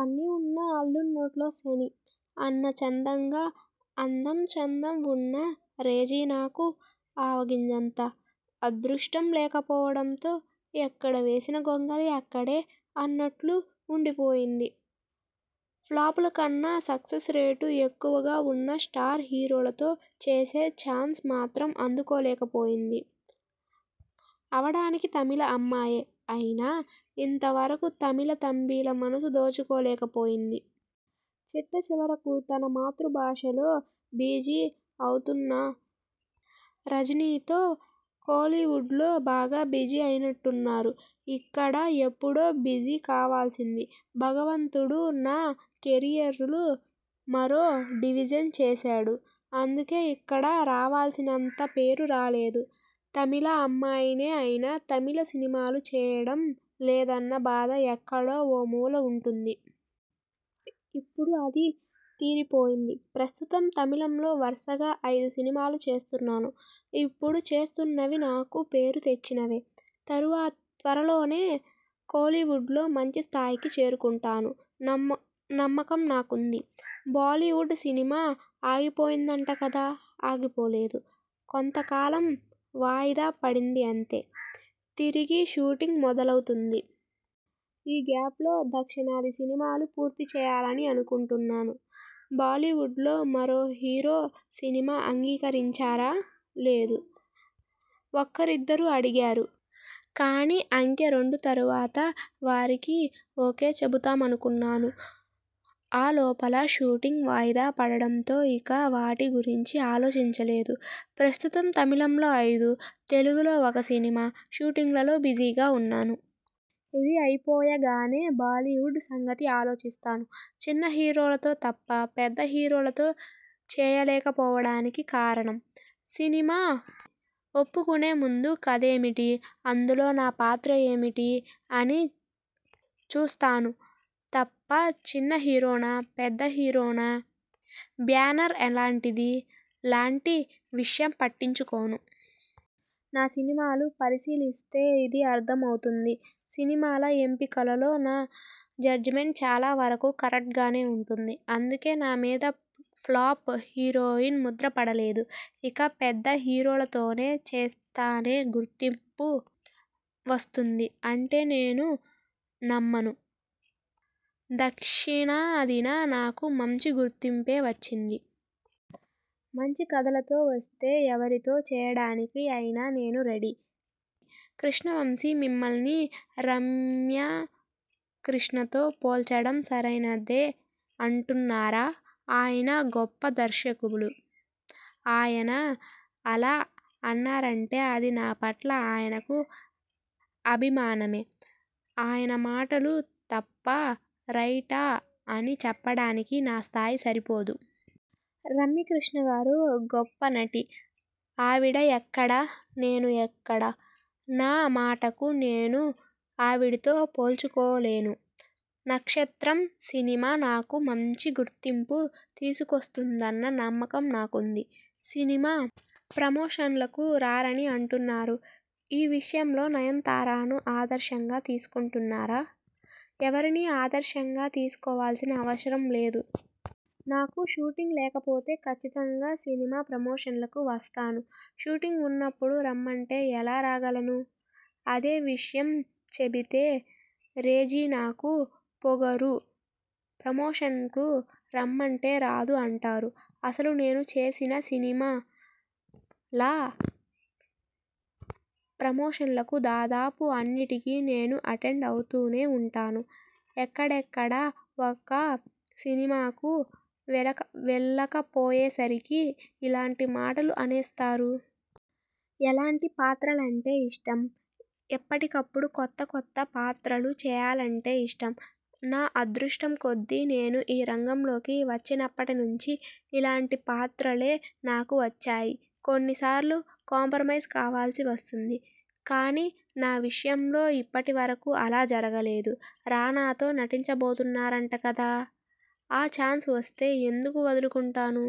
అన్నీ ఉన్నా అల్లుడు నోట్లో శని' అన్న చందంగా, అందం చందం ఉన్న రెజీనాకు ఆవగింజంత అదృష్టం లేకపోవడంతో 'ఎక్కడ వేసిన గొంగళి అక్కడే' అన్నట్టు ఉండిపోయింది. ఫ్లాపుల కన్నా సక్సెస్ రేటు ఎక్కువగా ఉన్న స్టార్ హీరోలతో చేసే ఛాన్స్ మాత్రం అందుకోలేకపోయింది. అవడానికి తమిళ అమ్మాయే అయినా ఇంత వరకూ తమిళ తంబిల మనులు దోచుకోలేకపోయింది. చిట్టచివరకు తన మాతృభాషలో బీజీ అవుతున్న రజినీతో కోలీవుడ్లో బాగా బిజీ అయినట్టున్నారు? ఇక్కడ ఎప్పుడో బిజీ కావలసింది. భగవంతుడు నా కెరీర్ను మరోలా డిసైడ్ చేశాడు. అందుకే ఇక్కడ రావలసినంత పేరు రాలేదు. తమిళ అమ్మాయినే అయినా తమిళ సినిమాలు చేయడం లేదన్న బాధ ఎక్కడో ఓ మూల ఉంటుంది ఇప్పుడు అది తీరిపోయింది. ప్రస్తుతం తమిళంలో వరుసగా ఐదు సినిమాలు చేస్తున్నాను. ఇప్పుడు చేస్తున్నవి నాకు పేరు తెచ్చినవే! తరువా త్వరలోనే కోలీవుడ్లో మంచి స్థాయికి చేరుకుంటాను నమ్మ నమ్మకం నాకుంది. బాలీవుడ్ సినిమా ఆగిపోయిందట కదా? ఆగిపోలేదు. కొంత కాలం వాయిదా పడింది అంతే! తిరిగి షూటింగ్ మొదలవుతుంది. ఈ గ్యాప్లో దక్షిణాది సినిమాలు పూర్తి చేయాలని అనుకుంటున్నాను. బాలీవుడ్లో మరో హీరో సినిమా అంగీకరించారా? లేదు. ఒకరిద్దరు అడిగారు. కానీ 'ఆంఖే రెండు' తరువాత వారికి ఓకే చెబుదామనుకున్నాను. ఆ లోపల షూటింగ్ వాయిదా పడడంతో ఇక వాటి గురించి ఆలోచించలేదు. ప్రస్తుతం తమిళంలో ఐదు, తెలుగులో ఒక సినిమా షూటింగ్లలో బిజీగా ఉన్నాను. ఇవి అయిపోయాగానే బాలీవుడ్ సంగతి ఆలోచిస్తాను. చిన్న హీరోలతో తప్ప పెద్ద హీరోలతో చేయకపోవడానికి కారణం? సినిమా ఒప్పుకునే ముందు కథ ఏమిటి? అందులో నా పాత్ర ఏమిటి? అని చూస్తాను తప్ప చిన్న హీరోనా? పెద్ద హీరోనా? బ్యానర్ ఎలాంటిది లాంటి విషయం పట్టించుకోను. నా సినిమాలు పరిశీలిస్తే ఇది అర్ధమవుతుంది. సినిమాల ఎంపికలలో నా జడ్జిమెంట్ చాలా వరకూ కరెక్ట్గానే ఉంటుంది. అందుకే నా మీద ఫ్లాప్ హీరోయిన్ ముద్ర పడలేదు. ఇక పెద్ద హీరోలతోనే చేస్తానే గుర్తింపు వస్తుంది అంటే నేను నమ్మను. దక్షిణాదిన నాకు మంచి గుర్తింపే వచ్చింది. మంచి కథతో వస్తే ఎవరితో చేయడానికి అయినా నేను రెడీ! కృష్ణవంశీ మిమ్మల్ని రమ్యకృష్ణతో పోల్చడం సరైనదే అంటున్నారా? ఆయన గొప్ప దర్శకులు. ఆయన అలా అన్నారంటే అది నా పట్ల ఆయనకు అభిమానమే. ఆయన మాటలు తప్పా, రైటా అని చెప్పడానికి నా స్థాయి సరిపోదు. రమ్యకృష్ణగారు గొప్ప నటి. ఆవిడ ఎక్కడ? నేను ఎక్కడ? నా మాటకు నేను ఆవిడతో పోల్చుకోలేను. 'నక్షత్రం' సినిమా నాకు మంచి గుర్తింపు తీసుకొస్తుందన్న నమ్మకం నాకుంది. సినిమా ప్రమోషన్లకు రారని అంటున్నారు. ఈ విషయంలో నయనతారను ఆదర్శంగా తీసుకున్నారా? ఎవరినీ ఆదర్శంగా తీసుకోవలసిన అవసరం లేదు. నాకు షూటింగ్ లేకపోతే కచ్చితంగా సినిమా ప్రమోషన్లకు వస్తాను. షూటింగ్ ఉన్నప్పుడు రమ్మంటే ఎలా రాగలను? అదే విషయం చెబితే రెజీనాకు పొగరు. ప్రమోషన్లకు రమ్మంటే రాదు అంటారు. అసలు నేను చేసిన సినిమాల ప్రమోషన్లకు దాదాపు అన్నిటికీ నేను అటెండ్ అవుతూనే ఉంటాను. ఎక్కడెక్కడ ఒక్క సినిమాకు వెళ్ళకపోయేసరికి ఇలాంటి మాటలు అనేస్తారు. ఎలాంటి పాత్రలంటే ఇష్టం? ఎప్పటికప్పుడు కొత్త కొత్త పాత్రలు చేయాలంటే ఇష్టం. నా అదృష్టం కొద్దీ నేను ఈ రంగంలోకి వచ్చినప్పటి నుంచి ఇలాంటి పాత్రలే నాకు వచ్చాయి. కొన్నిసార్లు కాంప్రమైజ్ కావలసి వస్తుంది. కానీ నా విషయంలో ఇప్పటి వరకూ అలా జరగలేదు. రానాతో నటించబోతున్నారట కదా? ఆ ఛాన్స్ వస్తే ఎందుకు వదులుకుంటాను?